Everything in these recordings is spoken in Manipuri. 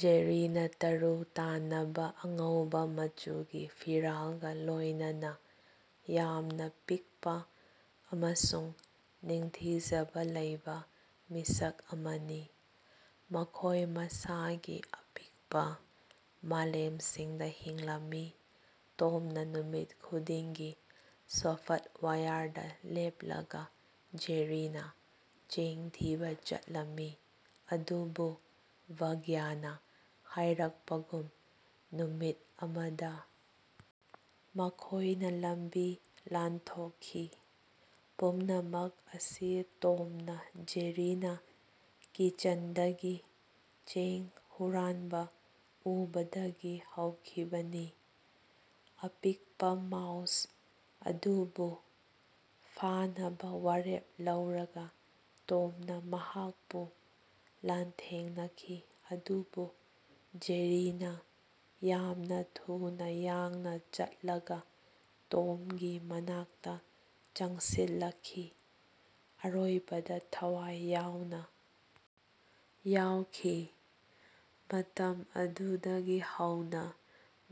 ꯖꯦꯔꯤꯅꯥ ꯇꯔꯨ ꯇꯥꯟꯅꯕ ꯑꯉꯧꯕ ꯃꯆꯨꯒꯤ ꯐꯤꯔꯥꯜꯒ ꯂꯣꯏꯅꯅꯥ ꯌꯥꯝꯅ ꯄꯤꯛꯄ ꯑꯃꯁꯨꯡ ꯅꯤꯡꯊꯤꯖꯅ ꯂꯩꯕ ꯃꯤꯁꯛ ꯑꯃꯅꯤ꯫ ꯃꯈꯣꯏ ꯃꯁꯥꯒꯤ ꯑꯄꯤꯛꯄꯥ ꯃꯥꯂꯦꯝꯁꯤꯡꯗꯥ ꯍꯤꯡꯂꯝꯃꯤ, ꯇꯣꯝꯅ ꯅꯨꯃꯤꯠ ꯈꯨꯗꯤꯡꯒꯤ ꯁꯣꯐ꯭ꯇꯋꯥꯌꯔꯗꯥ ꯂꯦꯞꯂꯒ ꯖꯦꯔꯤꯅꯥ ꯆꯦꯡ ꯊꯤꯕꯥ ꯆꯠꯂꯝꯃꯤ꯫ ꯑꯗꯨꯕꯨ ꯚꯥꯒ꯭ꯌꯅꯥ ꯍꯥꯏꯔꯛꯄꯒꯨꯝ ꯅꯨꯃꯤꯠ ꯑꯃꯗꯥ ꯃꯈꯣꯏꯅ ꯂꯝꯕꯤ ꯂꯥꯟꯊꯣꯛꯈꯤ꯫ ꯄꯨꯝꯅꯃꯛ ꯑꯁꯤ ꯇꯣꯝꯅ ꯖꯦꯔꯤꯅꯥ ꯀꯤꯆꯟꯗꯒꯤ ꯆꯦꯡ ꯍꯨꯔꯥꯟꯕ ꯎꯕꯗꯒꯤ ꯍꯧꯈꯤꯕꯅꯤ꯫ ꯑꯄꯤꯛꯄ ꯃꯥꯎꯁ ꯑꯗꯨꯕꯨ ꯐꯥꯅꯕꯥ ꯋꯥꯔꯦꯞ ꯂꯧꯔꯒꯥ ꯇꯣꯝꯅ ꯃꯍꯥꯛꯄꯨ ꯂꯥꯟꯊꯦꯡꯅꯈꯤ ꯑꯗꯨꯕꯨ ꯖꯦꯔꯤꯅꯥ ꯌꯥꯝꯅ ꯊꯨꯅ ꯌꯥꯡꯅ ꯆꯠꯂꯒ ꯇꯣꯝꯒꯤ ꯃꯅꯥꯛꯇꯥ ꯆꯪꯁꯤꯜꯂꯛꯈꯤ, ꯑꯔꯣꯏꯕꯗꯥ ꯊꯋꯥꯏ ꯌꯥꯎꯅ ꯌꯥꯎꯈꯤ꯫ ꯃꯇꯝ ꯑꯗꯨꯗꯒꯤ ꯍꯧꯅꯥ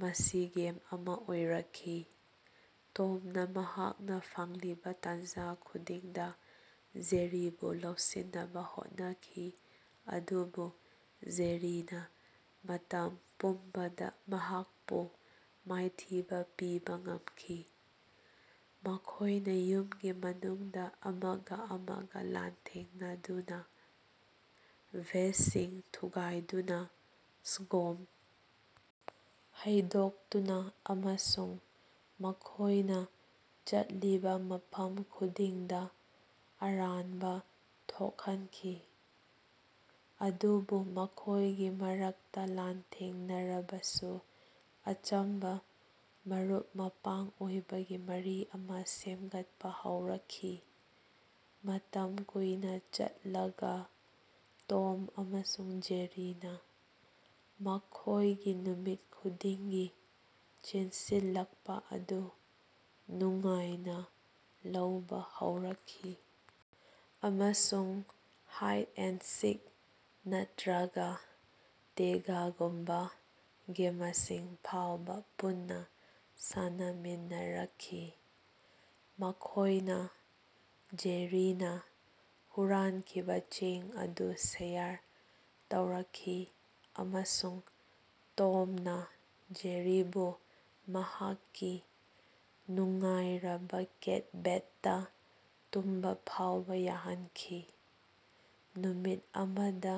ꯃꯁꯤ ꯒꯦꯝ ꯑꯃꯥ ꯑꯣꯏꯔꯛꯈꯤ, ꯇꯣꯝꯅ ꯃꯍꯥꯛꯅꯥ ꯐꯪꯂꯤꯕꯥ ꯇꯥꯟꯖꯥ ꯈꯨꯗꯤꯡꯗ ꯖꯦꯔꯤꯕꯨ ꯂꯧꯁꯤꯟꯅꯕ ꯍꯣꯠꯅꯈꯤ, ꯑꯗꯨꯕꯨ ꯖꯦꯔꯤꯅꯥ ꯃꯇꯝ ꯄꯨꯝꯕꯗꯥ ꯃꯍꯥꯛꯄꯨ ꯃꯥꯏꯊꯤꯕ ꯄꯤꯕ ꯉꯝꯈꯤ꯫ ꯃꯈꯣꯏꯅ ꯌꯨꯝꯒꯤ ꯃꯅꯨꯡꯗ ꯑꯃꯒꯥ ꯑꯃꯒꯥ ꯂꯥꯟꯊꯦꯡꯅꯗꯨꯅꯥ, ꯚꯦꯖꯁꯤꯡ ꯊꯨꯒꯥꯏꯗꯨꯅꯥ, ꯁꯪ꯭ꯒꯣꯝ ꯍꯩꯗꯣꯛꯇꯨꯅꯥ ꯑꯃꯁꯨꯡ ꯃꯈꯣꯏꯅ ꯆꯠꯂꯤꯕ ꯃꯐꯝ ꯈꯨꯗꯤꯡꯗꯥ ꯑꯔꯥꯟꯕ ꯊꯣꯛꯍꯟꯈꯤ꯫ ꯑꯗꯨꯕꯨ ꯃꯈꯣꯏꯒꯤ ꯃꯔꯛꯇꯥ ꯂꯥꯟꯊꯦꯡꯅꯔꯕꯁꯨ ꯑꯆꯝꯕꯥ ꯃꯔꯨꯞ-ꯃꯄꯥꯡ ꯑꯣꯏꯕꯒꯤ ꯃꯔꯤ ꯑꯃꯥ ꯁꯦꯝꯒꯠꯄ ꯍꯧꯔꯛꯈꯤ꯫ ꯃꯇꯝ ꯀꯨꯏꯅꯥ ꯆꯠꯂꯒꯥ ꯇꯣꯝ ꯑꯃꯁꯨꯡ ꯖꯦꯔꯤꯅꯥ ꯃꯈꯣꯏꯒꯤ ꯅꯨꯃꯤꯠ ꯈꯨꯗꯤꯡꯒꯤ ꯆꯦꯟꯁꯤꯜꯂꯛꯄꯥ ꯑꯗꯨ ꯅꯨꯡꯉꯥꯏꯅꯥ ꯂꯧꯕ ꯍꯧꯔꯛꯈꯤ, ꯑꯃꯁꯨꯡ ꯍꯥꯏꯠ ꯑꯦꯟ ꯁꯤꯛ, ꯅꯠꯇ꯭ꯔꯒ ꯇꯦꯒꯒꯨꯝꯕꯥ ꯒꯦꯃꯁꯤꯡ ꯐꯥꯎꯕ ꯄꯨꯟꯅꯥ ꯁꯥꯟꯅꯃꯤꯟꯅꯔꯛꯈꯤ꯫ ꯃꯈꯣꯏꯅ ꯖꯦꯔꯤꯅꯥ ꯍꯨꯔꯥꯟꯈꯤꯕꯥ ꯆꯦꯡ ꯑꯗꯨ ꯁꯦꯌꯔ ꯇꯧꯔꯛꯈꯤ, ꯑꯃꯁꯨꯡ ꯇꯣꯝꯅ ꯖꯦꯔꯤꯕꯨ ꯃꯍꯥꯛꯀꯤ ꯅꯨꯡꯉꯥꯏꯔꯕꯥ ꯀꯦꯠ ꯕꯦꯗꯇꯥ ꯇꯨꯝꯕ ꯐꯥꯎꯕ ꯌꯥꯍꯟꯈꯤ꯫ ꯅꯨꯃꯤꯠ ꯑꯃꯗꯥ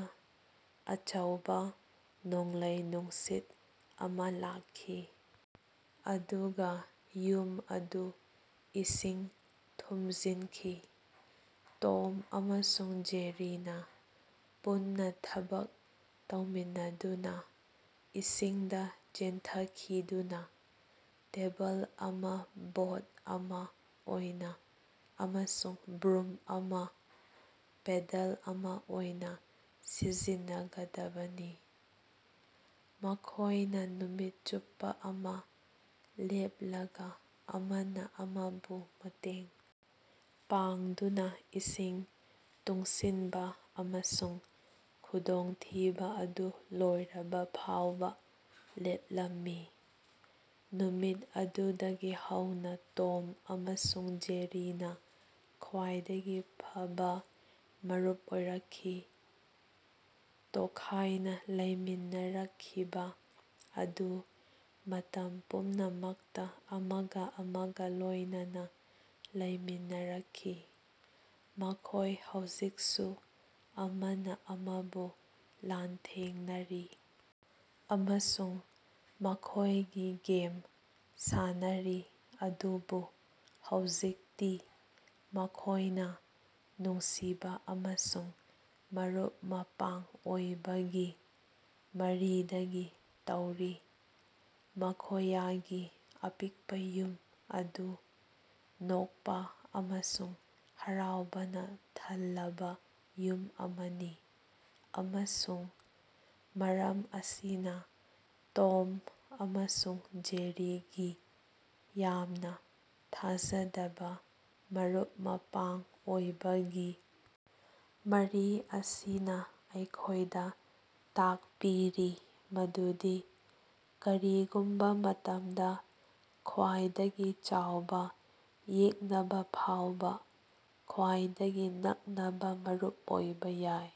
ꯑꯆꯧꯕ ꯅꯣꯡꯂꯩ-ꯅꯨꯡꯁꯤꯠ ꯑꯃꯥ ꯂꯥꯛꯈꯤ, ꯑꯗꯨꯒꯥ ꯌꯨꯝ ꯑꯗꯨ ꯏꯁꯤꯡ ꯊꯨꯝꯖꯤꯟꯈꯤ꯫ ꯇꯣꯝ ꯑꯃꯁꯨꯡ ꯖꯦꯔꯤꯅꯥ ꯄꯨꯟꯅꯥ ꯊꯕꯛ ꯇꯧꯃꯤꯟꯅꯗꯨꯅꯥ ꯏꯁꯤꯡꯗꯥ ꯆꯦꯟꯊꯈꯤꯗꯨꯅꯥ ꯇꯦꯕꯜ ꯑꯃꯥ ꯕꯣꯠ ꯑꯃꯥ ꯑꯣꯏꯅ ꯑꯃꯁꯨꯡ ꯕ꯭ꯔꯨꯝ ꯑꯃꯥ ꯄꯦꯗꯜ ꯑꯃꯥ ꯑꯣꯏꯅ ꯁꯤꯖꯤꯟꯅꯒꯗꯕꯅꯤ꯫ ꯃꯈꯣꯏꯅ ꯅꯨꯃꯤꯠ ꯆꯨꯞꯄꯥ ꯑꯃꯥ ꯂꯦꯞꯂꯒꯥ ꯑꯃꯅꯥ ꯑꯃꯕꯨ ꯃꯇꯦꯡ ꯄꯥꯡꯗꯨꯅꯥ ꯏꯁꯤꯡ ꯇꯨꯡꯁꯤꯟꯕ ꯑꯃꯁꯨꯡ ꯈꯨꯗꯣꯡꯊꯤꯕꯥ ꯑꯗꯨ ꯂꯣꯏꯔꯕꯥ ꯐꯥꯎꯕ ꯂꯦꯞꯂꯝꯃꯤ꯫ ꯅꯨꯃꯤꯠ ꯑꯗꯨꯗꯒꯤ ꯍꯧꯅꯥ ꯇꯣꯝ ꯑꯃꯁꯨꯡ ꯖꯦꯔꯤꯅꯥ ꯈ꯭ꯋꯥꯏꯗꯒꯤ ꯐꯕꯥ ꯃꯔꯨꯞ ꯑꯣꯏꯔꯛꯈꯤ, ꯇꯣꯈꯥꯏꯅꯥ ꯂꯩꯃꯤꯟꯅꯔꯛꯈꯤꯕ ꯑꯗꯨ ꯃꯇꯝ ꯄꯨꯝꯅꯃꯛꯇꯥ ꯑꯃꯒꯥ ꯑꯃꯒꯥ ꯂꯣꯏꯅꯅꯥ ꯂꯩꯃꯤꯟꯅꯔꯛꯈꯤ꯫ ꯃꯈꯣꯏ ꯍꯧꯖꯤꯛꯁꯨ ꯑꯃꯅꯥ ꯑꯃꯕꯨ ꯂꯥꯟꯊꯦꯡꯅꯔꯤ ꯑꯃꯁꯨꯡ ꯃꯈꯣꯏꯒꯤ ꯒꯦꯝ ꯁꯥꯟꯅꯔꯤ, ꯑꯗꯨꯕꯨ ꯍꯧꯖꯤꯛꯇꯤ ꯃꯈꯣꯏꯅꯥ ꯅꯨꯡꯁꯤꯕꯥ ꯑꯃꯁꯨꯡ ꯃꯔꯨꯞ-ꯃꯄꯥꯡ ꯑꯣꯏꯕꯒꯤ ꯃꯔꯤꯗꯒꯤ ꯇꯧꯔꯤ, ꯃꯈꯣꯌꯒꯤ ꯑꯄꯤꯛꯄꯥ ꯌꯨꯝ ꯑꯗꯨ ꯅꯣꯛꯄꯥ ꯑꯃꯁꯨꯡ ꯍꯔꯥꯎꯕꯅ ꯊꯜꯂꯕ ꯌꯨꯝ ꯑꯃꯅꯤ꯫ ꯑꯃꯁꯨꯡ ꯃꯔꯝ ꯑꯁꯤꯅ, ꯇꯣꯝ ꯑꯃꯁꯨꯡ ꯖꯦꯔꯤꯒꯤ ꯌꯥꯝꯅ ꯊꯥꯖꯗꯕꯥ ꯃꯔꯨꯞ-ꯃꯄꯥꯡ ꯑꯣꯏꯕꯒꯤ ꯃꯔꯤ ꯑꯁꯤꯅ ꯑꯩꯈꯣꯏꯗ ꯇꯥꯛꯄꯤꯔꯤ ꯃꯗꯨꯗꯤ ꯀꯔꯤꯒꯨꯝꯕ ꯃꯇꯝꯗꯥ, ꯈ꯭ꯋꯥꯏꯗꯒꯤ ꯆꯥꯎꯕ ꯌꯦꯛꯅꯕ ꯐꯥꯎꯕ, ꯈ꯭ꯋꯥꯏꯗꯒꯤ ꯅꯛꯅꯕꯥ ꯃꯔꯨꯞ ꯑꯣꯏꯕ ꯌꯥꯏ꯫